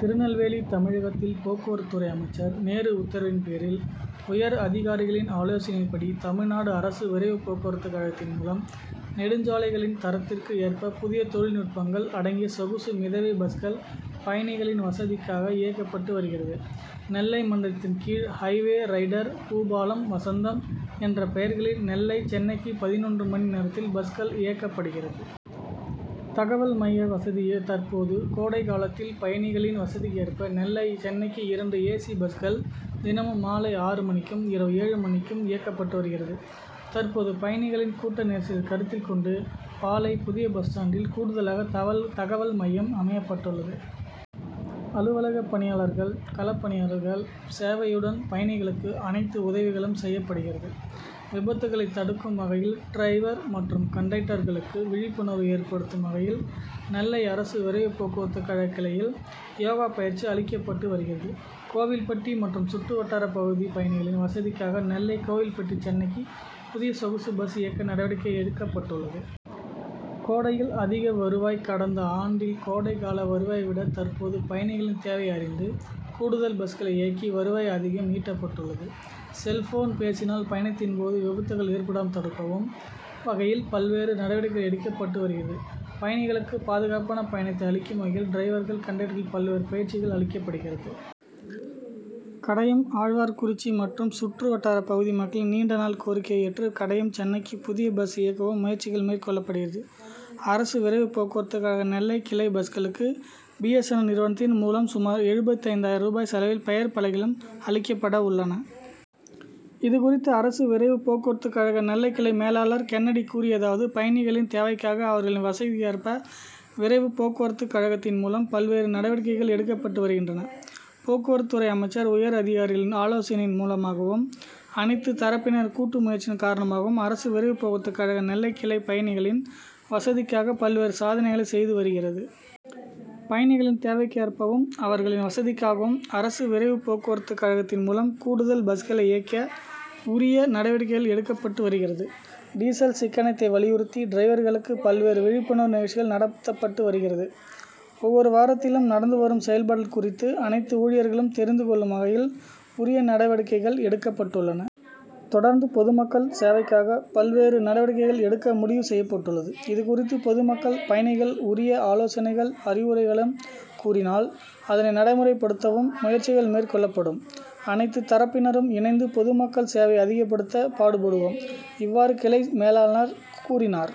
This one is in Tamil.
திருநெல்வேலி தமிழகத்தில் போக்குவரத்து துறை அமைச்சர் நேரு உத்தரவின் பேரில் உயர் அதிகாரிகளின் ஆலோசனையின்படி தமிழ்நாடு அரசு விரைவு போக்குவரத்து கழகத்தின் மூலம் நெடுஞ்சாலைகளின் தரத்திற்கு ஏற்ப புதிய தொழில் நுட்பங்கள் அடங்கிய சொகுசு மிதவை பஸ்கள் பயணிகளின் வசதிக்காக இயக்கப்பட்டு வருகிறது. நெல்லை மண்டலத்தின் கீழ் highway rider Boopalam, Vasantham' என்ற பெயர்களில் நெல்லை சென்னைக்கு பதினொன்று மணி நேரத்தில் பஸ்கள் இயக்கப்படுகிறது. தகவல் மைய வசதி தற்போது கோடை காலத்தில் பயணிகளின் வசதிக்கு ஏற்ப நெல்லை சென்னைக்கு இரண்டு ஏ. சி பஸ்கள் தினமும் மாலை ஆறு மணிக்கும், இரவு ஏழு மணிக்கும் இயக்கப்பட்டு வருகிறது. தற்போது பயணிகளின் கூட்ட நெரிசலை கருத்தில் கொண்டு பாளை புதிய பஸ் ஸ்டான்டில் கூடுதலாக தகவல் மையம் அமைக்கப்பட்டுள்ளது. அலுவலக பணியாளர்கள், களப் பணியாளர்கள் சேவையுடன் பயணிகளுக்கு அனைத்து உதவிகளும் செய்யப்படுகிறது. விபத்துக்களை தடுக்கும் வகையில் டிரைவர் மற்றும் கண்டக்டர்களுக்கு விழிப்புணர்வை ஏற்படுத்தும் வகையில் நெல்லை அரசு விரைவு போக்குவரத்து கழக கிளையில் யோகா பயிற்சி அளிக்கப்பட்டு வருகிறது. கோவில்பட்டி மற்றும் சுற்று வட்டார பகுதி பயணிகளின் வசதிக்காக நெல்லை கோவில்பட்டி சென்னைக்கு புதிய சொகுசு பஸ் இயக்க நடவடிக்கை எடுக்கப்பட்டுள்ளது. கோடையில் அதிக வருவாய் கடந்த ஆண்டில் கோடை கால வருவாயை விட தற்போது பயணிகளின் தேவையை அறிந்து கூடுதல் பஸ்களை இயக்கி வருவாய் அதிகம் ஈட்டப்பட்டுள்ளது. செல்போன் பேசினால் பயணத்தின் போது விபத்துக்கள் ஏற்படாமல் தடுக்கவும் வகையில் பல்வேறு நடவடிக்கைகள் எடுக்கப்பட்டு வருகிறது. பயணிகளுக்கு பாதுகாப்பான பயணத்தை அளிக்கும் வகையில் டிரைவர்கள், கண்டக்டர்களுக்கு பல்வேறு பயிற்சிகள் அளிக்கப்படுகிறது. கடையம், ஆழ்வார்குறிச்சி மற்றும் சுற்று வட்டார பகுதி மக்களின் நீண்ட நாள் கோரிக்கையை ஏற்று கடையம் சென்னைக்கு புதிய பஸ் இயக்கவும் முயற்சிகள் மேற்கொள்ளப்படுகிறது. அரசு விரைவு போக்குவரத்து கழக நெல்லை கிளை பஸ்களுக்கு பி. எஸ். என். எல் நிறுவனத்தின் மூலம் சுமார் எழுபத்தைந்து ஆயிரம் ரூபாய் செலவில் பெயர் பலகைகளும் அளிக்கப்பட உள்ளன. இதுகுறித்து அரசு விரைவு போக்குவரத்து கழக நெல்லை கிளை மேலாளர் கென்னடி கூறியதாவது பயணிகளின் தேவைக்காக அவர்களின் வசதிக்கேற்ப விரைவு போக்குவரத்து கழகத்தின் மூலம் பல்வேறு நடவடிக்கைகள் எடுக்கப்பட்டு வருகின்றன. போக்குவரத்து துறை அமைச்சர், உயர் அதிகாரிகளின் ஆலோசனையின் மூலமாகவும், அனைத்து தரப்பினர் கூட்டு முயற்சியின் காரணமாகவும் அரசு விரைவு போக்குவரத்து கழக நெல்லை கிளை பயணிகளின் வசதிக்காக பல்வேறு சாதனைகளை செய்து வருகிறது. பயணிகளின் தேவைக்கேற்பவும், அவர்களின் வசதிக்காகவும் அரசு விரைவு போக்குவரத்து கழகத்தின் மூலம் கூடுதல் பஸ்களை இயக்க உரிய நடவடிக்கைகள் எடுக்கப்பட்டு வருகிறது. டீசல் சிக்கனத்தை வலியுறுத்தி டிரைவர்களுக்கு பல்வேறு விழிப்புணர்வு நிகழ்ச்சிகள் நடத்தப்பட்டு வருகிறது. ஒவ்வொரு வாரத்திலும் நடந்து வரும் செயல்பாடுகள் குறித்து அனைத்து ஊழியர்களும் தெரிந்து கொள்ளும் வகையில் உரிய நடவடிக்கைகள் எடுக்கப்பட்டுள்ளன. தொடர்ந்து பொதுமக்கள் சேவைக்காக பல்வேறு நடவடிக்கைகள் எடுக்க முடிவு செய்யப்பட்டுள்ளது. இதுகுறித்த பொதுமக்கள், பயணிகள் உரிய ஆலோசனைகள், அறிவுரைகளையும் கூறினால் அதனை நடைமுறைப்படுத்தவும் முயற்சிகள் மேற்கொள்ளப்படும். அனைத்து தரப்பினரும் இணைந்து பொதுமக்கள் சேவையை அதிகப்படுத்த பாடுபடுவோம். இவ்வாறு கிளை மேலாளர் கூறினார்.